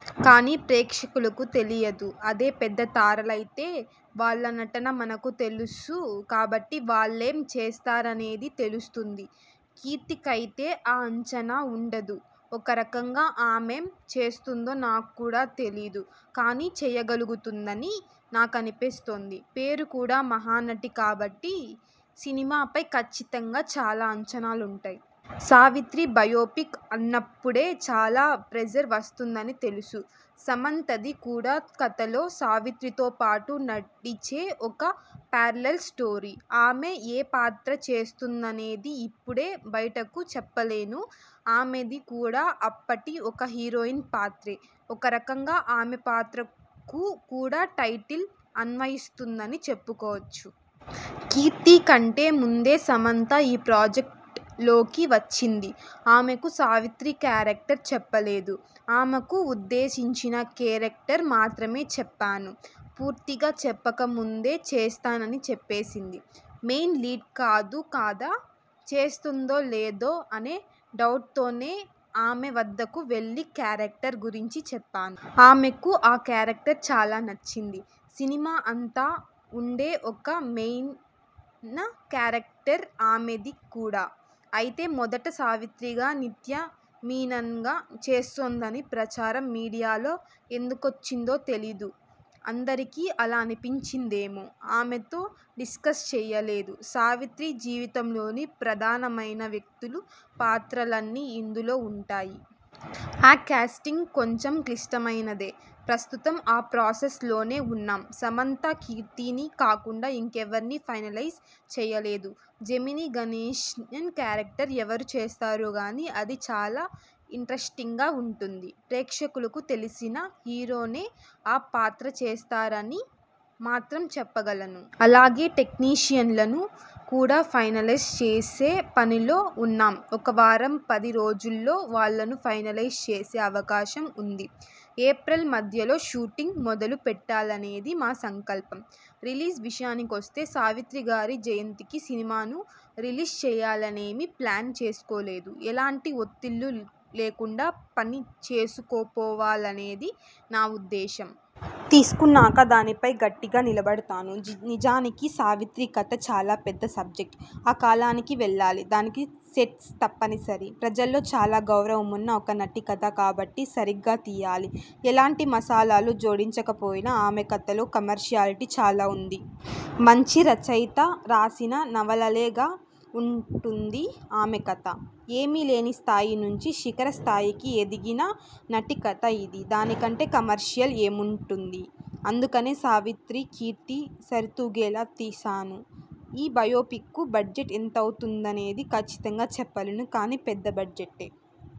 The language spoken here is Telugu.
కానీ ప్రేక్షకులకు తెలీయదు. అదే పెద్ద తారలైతే, వాళ్ల నటన మనకు తెలుసు కాబట్టి వాళ్లేం చేస్తారనేది తెలుస్తుంది. కీర్తికైతే ఆ అంచనా ఉండదు. ఒక రకంగా ఆమేం చేస్తుందో నాక్కూడా తెలీదు. కానీ చేయగలుగుతుందని నాకనిపిస్తోంది. పేరు కూడా 'మహానటి' కాబట్టి సినిమాపై కచ్చితంగా చాలా అంచనాలుంటాయి. సావిత్రి బయోపిక్ అన్నప్పుడే చాలా ప్రెజర్ వస్తుందని తెలుసు. సమంతది కూడా కథలో సావిత్రితో పాటు నడిచే ఒక పారలల్ స్టోరీ. ఆమె ఏ పాత్ర చేస్తోందనేది ఇప్పుడే బయటకు చెప్పలేను. ఆమెది కూడా అప్పటి ఒక హీరోయిన్ పాత్రే. ఒకరకంగా ఆమె పాత్రకు కూడా టైటిల్ అన్వయిస్తుందని చెప్పుకోవచ్చు. కీర్తి కంటే ముందే సమంత ఈ ప్రాజెక్ట్ లోకి వచ్చింది. ఆమెకు సావిత్రి కేరక్టర్ చెప్పలేదు. ఆమెకు ఉద్దేశించిన కేరక్టర్ మాత్రమే చెప్పాను. పూర్తిగా చెప్పకముందే చేస్తానని చెప్పేసింది. మెయిన లీడ్ కాదు కదా, చేస్తుందో లేదో అనే డౌట్తోనే ఆమె వద్దకు వెళ్లి కేరక్టర్ గురించి చెప్పాను. ఆమెకు ఆ కేరక్టర్ చాలా నచ్చింది. సినిమా అంతా ఉండే ఒక మెయిన కేరక్టరే ఆమెది కూడా. అయితే మొదట సావిత్రిగా నిత్యా మీనన చేస్తోందనే ప్రచారం మీడియాలో ఎందుకొచ్చిందో తెలీదు. అందరికీ అలా అనిపించిందేమో. ఆమెతో డిస్కస్ చేయలేదు. సావిత్రి జీవితంలోని ప్రధానమైన వ్యక్తులు పాత్రలన్నీ ఇందులో ఉంటాయి. ఆ కేస్టింగ్ కొంచెం క్లిష్టమైనదే. ప్రస్తుతం ఆ ప్రాసెస్ లోనే ఉన్నాం. సమంత, కీర్తిని కాకుండా ఇంకా ఎవర్నీ ఫైనలైజ్ చేయలేదు. జెమినీ గణేశన్ కేరక్టర్ ఎవరు చేస్తారో కానీ, అది చాలా ఇంటరెస్టింగ్గా ఉంటుంది. ప్రేక్షకులకు తెలిసిన హీరోనే ఆ పాత్ర చేస్తారని మాత్రం చెప్పగలను. అలాగే టెక్నీషియన్లను కూడా ఫైనలైజ్ చేసే పనిలో ఉన్నాం. ఒక వారం పది రోజుల్లో వాళ్లను ఫైనలైజ్ చేసే అవకాశం ఉంది. ఏప్రిల్ మధ్యలో షూటింగ్ మొదలు పెట్టాలనేది మా సంకల్పం. రిలీజ్ విషయానికొస్తే.. సావిత్రిగారి జయంతికి సినిమాను రిలీజ్ చెయ్యాలనేమీ ప్లాన్ చేసుకోలేదు. ఎలాంటి ఒత్తిళ్లూ లేకుండా పనిచేసుకుపోవాలనేది నా ఉద్దేశం. తీసుకున్నాక దానిపై గట్టిగా నిలబడతాను. నిజానికి సావిత్రి కథ చాలా పెద్ద సబ్జెక్ట్. ఆ కాలానికి వెళ్లాలి. దానికి సెట్స్ తప్పనిసరి. ప్రజల్లో చాలా గౌరవమున్న ఒక నటి కథ కాబట్టి సరిగా తియ్యాలి. ఎలాంటి మసాలాలూ జోడించక పోయినా ఆమె కథలో కమర్షియాలిటీ చాలా ఉంది. మంచి రచయిత రాసిన నవలలాగే ఉంటుంది ఆమె కథ. ఏమీలేని స్థాయి నుంచి శిఖర స్థాయికి ఎదిగిన నటి కథ ఇది. దానికంటే కమర్షియల్ ఏముంటుంది! అందుకనే సావిత్రి కీర్తి సరితూగేలా తీస్తాను. ఈ బయోపిక్కు బడ్జెట్ ఎంతవుతుందనేది కచ్చితంగా చెప్పలేను కానీ పెద్ద బడ్జెట్టే.